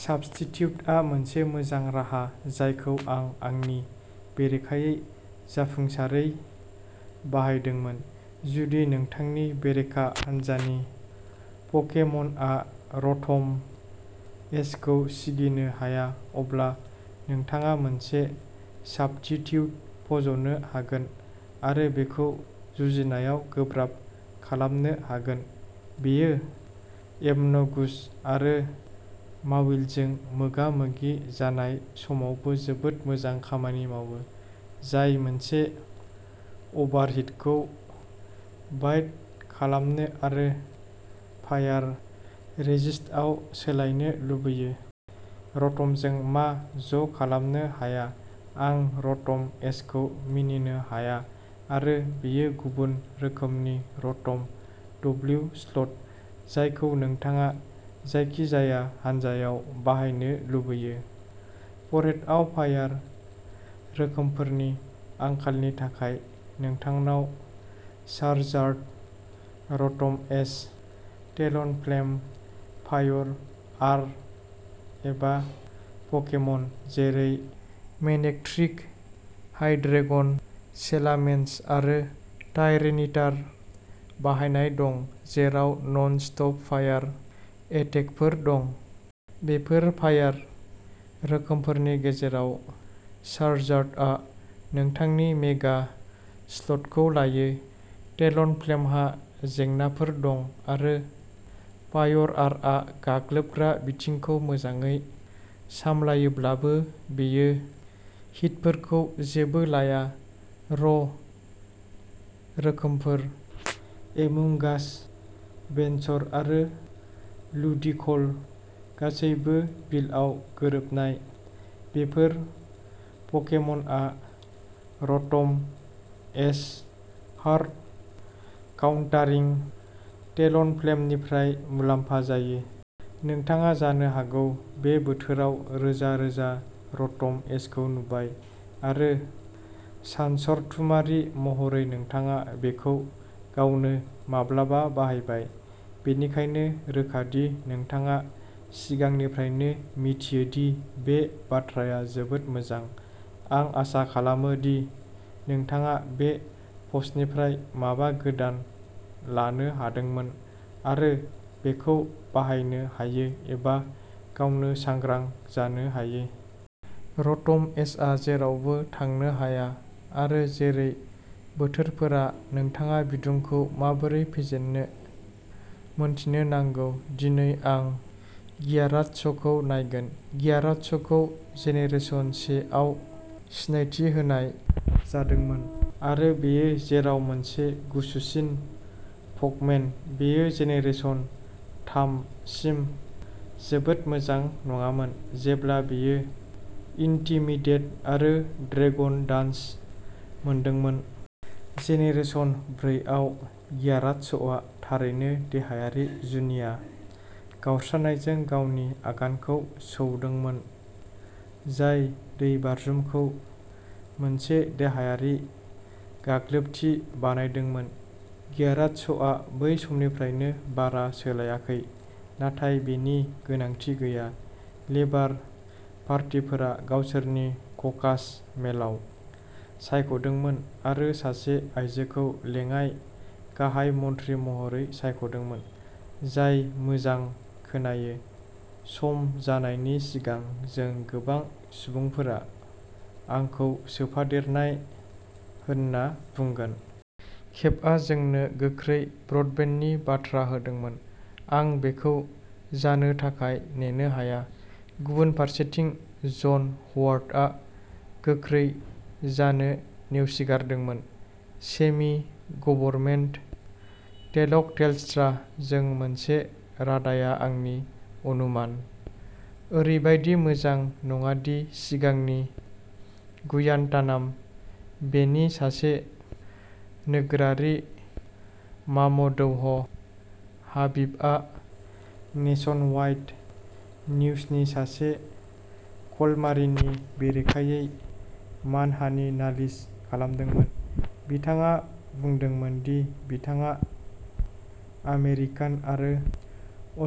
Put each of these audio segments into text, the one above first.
साबस्टिट्युटआ मोनसे मोजां राहा जायखौ आं आंनि बेरेखायै जाफुंसारै बाहायदोंमोन, जुदि नोंथांनि बेरेखा हान्जानि पकेमनआ र'ट'म एचखौ सिगिनो हाया, अब्ला नोंथाङा मोनसे साबटिट्युट फज'नो हागोन आरो बेखौ जुजिनायाव गोब्राब खालामनो हागोन। बेयो एमन'गुस आरो माविलजों मोगा-मोगि जानाय समावबो जोबोद मोजां खामानि मावो, जाय मोनसे अभारहिटखौ बाइट खालामनो आरो फायार रेजिस्टआव सोलायनो लुबैयो। र'ट'मजों मा ज'खालामनो हाया? आं र'ट'म एचखौ मिनिनो हाया आरो बेयो गुबुन रोखोमनि र'ट'म डब्ल्यू स्लट, जायखौ नोंथाङा जायखिजाया हानजायाव बाहायनो लुबैयो। फ'रेटआव फायार रोखोमफोरनि आंखालनि थाखाय नोंथांनाव Charizard, Rotom H, Talonflame, Pyroar एबा पकेमन जेरै मेनेक्ट्रिक, हाइड्रेगन, सेलामेन्स आरो टायरेनिटार बाहायनाय दं, जेराव नन स्टेब फायार एटेकफोर दं। बेफोर फायार रोखोमफोरनि गेजेराव चारजार्डआ नोंथांनि मेगा स्लटखौ लायो, टेलनफ्लेमहा जेंनाफोर दं आरो पायर आरआ गाग्लोबग्रा बिथिंखौ मोजाङै सामलायोब्लाबो बेयो हिटफोरखौ जेबो लाया। र' रोखोमफोर। एमुंगास, भेनस'र आरो लुडिक'ल गासैबो बिलआव गोरोबनाय। बेफोर पकेमनआ र'ट'म एच हार्ड काउन्टारिं टेलनफ्लेमनिफ्राय मुलाम्फा जायो। नोंथाङा जानो हागौ बे बोथोराव रोजा-रोजा र'ट'म एचखौ नुबाय, आरो सानसरथुमारि महरै नोंथाङा बेखौ गावनो माब्लाबा बाहायबाय। बेनिखायनो रोखा दि नोंथाङा सिगांनिफ्रायनो मिथियो दि बे बाथ्राया जोबोद मोजां। आं आसा खालामो दि नोंथाङा बे पस्टनिफ्राय माबा गोदान लानो हादोंमोन आरो बेखौ बाहायनो हायो एबा गावनो सांग्रां जानो हायो। र'ट'म एचआ जेरावबो थांनो हाया आरो जेरै बोथोरफोरा नोंथाङा बिदुंखौ माबोरै फेजेननो मोन्थिनो नांगौ दिनै आं ग्याराडस'खौ नायगोन। ग्याराडस'खौ जेनेरेशन से आव सिनायथि होनाय जादोंमोन, आरो बेयो जेराव मोनसे गुसुसिन प'कमेन, बेयो जेनेरेशन थाम सिम जोबोद मोजां नङामोन जेब्ला बेयो इन्टिमिडेट आरो ड्रेगन डान्स मोनदोंमोन। जेनेरेशन ब्रै आव ग्याराडस'आ थारैनो देहायारि जुनिया गावस्रानायजों गावनि आगानखौ सौदोंमोन, जाय दैबाज्रुमखौ मोनसे देहायारि गाग्लोबथि बानायदोंमोन। ग्याराडस'आ बै समनिफ्रायनो बारा सोलायाखै, नाथाय बेनि गोनांथि गैया। लेबार पार्टीफोरा गावसोरनि ककास मेलाव सायख'दोंमोन आरो सासे आयजोखौ लेङाइ गाहाय मन्थ्रि महरै सायख'दोंमोन, जाय मोजां खोनायो, सम जानायनि सिगां जों गोबां सुबुंफोरा आंखौ सोफादेरनाय होनना बुंगोन। केभआ जोंनो गोख्रै ब्रडबेन्डनि बाथ्रा होदोंमोन, आं बेखौ जानो थाखाय नेनो हाया, गुबुन फारसेथिं जन हवार्डआ गोख्रै जानो नेवसिगारदोंमोन सेमि गभरमेन्ट टेलकटेलस्ट्रा जों मोनसे रादाया आंनि अनुमान। ओरैबायदि मोजां नङा दि सिगांनि गुयानतानाम बे नि सासे नोगोरारि मामदौह हाबिबआ नेशनवाइड निउजनि सासे कलमारिनि बेरेखायै मानहानि नालिस खालामदोंमोन, बिथाङा बुंदोंमोन दि बिथाङा आमेरिकान आरो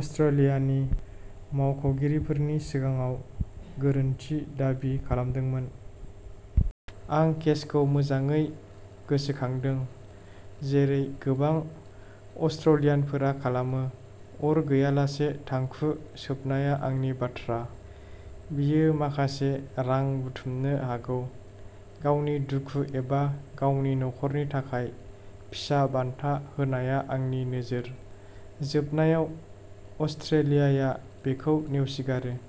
अस्ट्रलियानि मावख'गिरिफोरनि सिगाङाव गोरोन्थि दाबि खालामदोंमोन। आं केसखौ मोजाङै गोसोखांदों, जेरै गोबां अस्ट्रेलियानफोरा खालामो। अर गैयालासे थांखु सोबनाया आंनि बाथ्रा, बियो माखासे रां बुथुमनो हागौ, गावनि दुखु एबा गावनि नखरनि थाखाय फिसा बान्था होनाया आंनि नोजोर। जोबनायाव अस्ट्रेलियाया बेखौ नेवसिगारो।